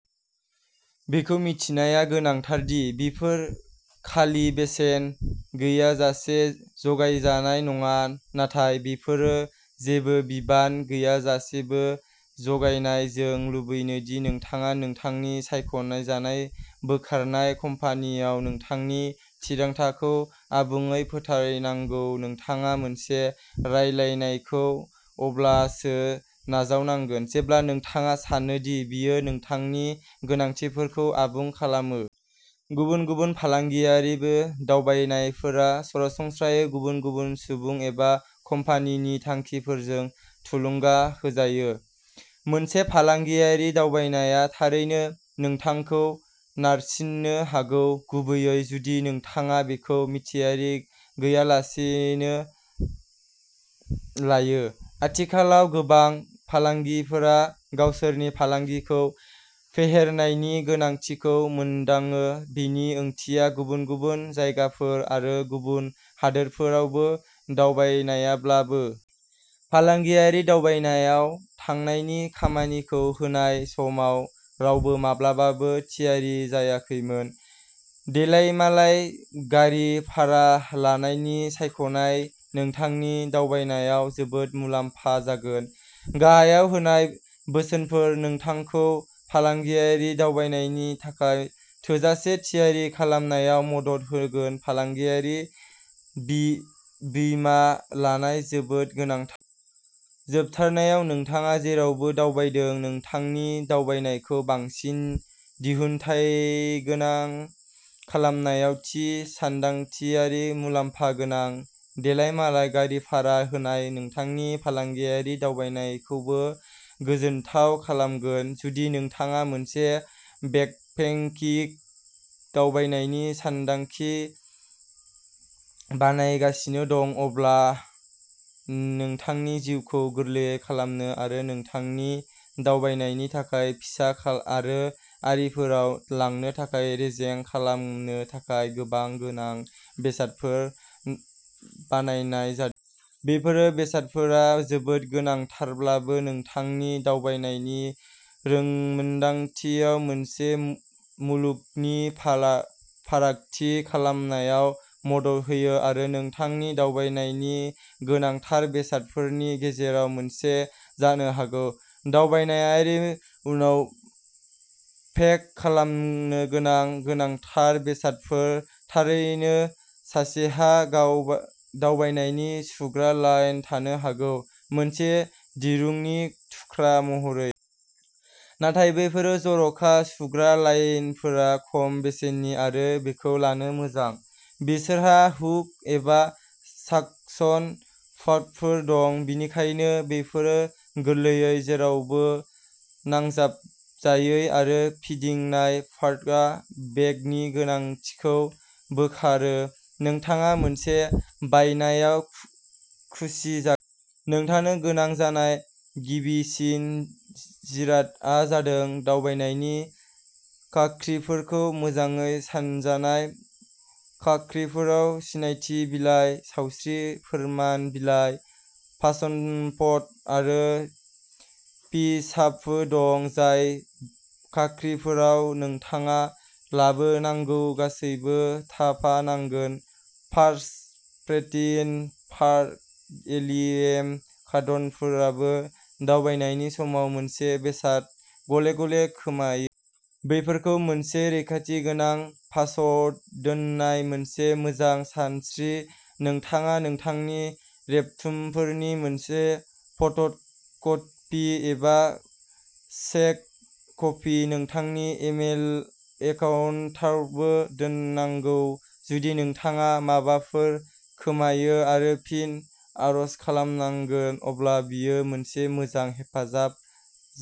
बेखौ मिथिनाया गोनांथार दि बेफोर खालि बेसेन गैयाजासे जगायजानाय नङा। नाथाय बेफोरो जेबो बिबान गैयाजासेबो जगायजानाय। जों लुबैयो दि नोंथाङा नोंथांनि सायख'जानाय बोखारनाय कम्पानिआव नोंथांनि थिरांथाखौ आबुङै फोथायनांगौ। नोंथाङा मोनसे रायलायनायखौ अब्लासो नाजावनांगौ जेब्ला नोंथाङा सानो दि बेयो नोंथांनि गोनांथिफोरखौ आबुं खालामो। गुबुन गुबुन फालांगियारि दावबायनायफोरा सरासनस्रायै गुबुन गुबुन सुबुं एबा कम्पानिनि थांखिफोरजों थुलुंगा होजायो। मोनसे फालांगियारि दावबायनाया थारैनो नोंथांखौ नारसिननो हागौ, गुबैयै जुदि नोंथाङा बेखौ थियारि गैयालासेनो लायो। आथिखालाव गोबां फालांगिफोरा गावसोरनि फालांगिखौ फेहेरनायनि गोनांथिखौ मोनदाङो, बेनि ओंथिया गुबुन गुबुन जायगाफोर आरो गुबुन हादोरफोरावबो दावबायनायब्लाबो। फालांगियारि दावबायनायाव थांनायनि खामानिखौ होनाय समाव रावबो माब्लाबाबो थियारि जायाखैमोन। देलायमालाय गारि भारा लानायनि सायख'नाया नोंथांनि दावबायनायाव जोबोद मुलाम्फा जागोन। गाहायाव होनाय बोसोनफोरा नोंथांखौ फालांगियारि दावबायनायनि थाखाय थोजासे थियारि खालामनायाव मदद होगोन। फालांगियारि बीमा लानाया जोबोद गोनांथार। जोबथारनायाव, नोंथाङा जेरावबो दावबायदों, नोंथांनि दावबायनायखौ बांसिन दिहुनथायगोनां खालामनायाव थि सानथांखिया मुलाम्फा गोनां। देलायमालाय गारि भारा होनाया नोंथांनि फालांगियारि दावबायनायखौबो गोजोनथाव खालामगोन। जुदि नोंथाङा मोनसे बेकपेकिंग दावबायनायनि सानथांखि बानायगासिनो दं, अब्ला नोंथांनि जिउखौ गोरलै खालामनो आरो नोंथांनि दावबायनायनि थाखाय फिसा आरो गारिफोराव लांनो थाखाय रेजें खालामनो थाखाय गोबां गोनां बेसादफोर बानायनाय जादों। बेफोर बेसादफोरा जोबोद गोनांथारब्लाबो, नोंथांनि दावबायनायनि रोंमोनदांथियाव मोनसे मुलुगनि फारागथि खालामनायाव मदद होयो आरो नोंथांनि दावबायनायनि'गोनांथार'बेसादफोरनि गेजेराव मोनसे जानो हागौ। दावबायनायनि उनाव पेक खालामनो गोनां गोनांथार बेसादफोर। थारैनो, सासेहा दावबायनायनि सुग्रा लाइन थानो हागौ, मोनसे दिरुंनि थुख्रा महरै। नाथाय बेफोर जर'खा सुग्रा लाइनफोरा खम बेसेननि आरो बेखौ लानो मोजां। बिसोरहा हुक एबा साकसन कापफोर दं, बेनिखायनो बेफोर गोरलैयै जेरावबो नांजाबजायो आरो फिदिंनाय कर्डआ पेगनि गोनांथिखौ बोखारो। नोंथाङा मोनसे बायनायाव खुसि जागोन! नोंथांनो गोनां जानाय गिबिसिन जिरादआ जादों दावबायनायनि खाख्रिफोरखौ मोजाङै साजायनाय। खाख्रिफोराव सिनायथि बिलाइ, सावस्रि फोरमान बिलाइ, पासपर्ट आरो भिसाबो दं, जाय खाख्रिफोराव नोंथाङा लाबोनांगौ गासैबो थाफानांगोन। पार्स, क्रेडिट कार्ड, एटिएम कार्डफोराबो दावबायनायनि समाव मोनसे बेसाद गले-गले खोमायो। बेफोरखौ मोनसे रैखाथि गोनां पार्साव दोननाया मोनसे मोजां सानस्रि। नोंथाङा नोंथांनि रेबथुमफोरनि मोनसे फट'कपि एबा स्केन कपि नोंथांनि इमेल एकाउन्टावबो दोननांगौ; जुदि नोंथाङा माबाफोर खोमायो आरो फिन आर'ज खालामनांगोन अब्ला बेयो मोनसे मोजां हेफाजाब जागोन।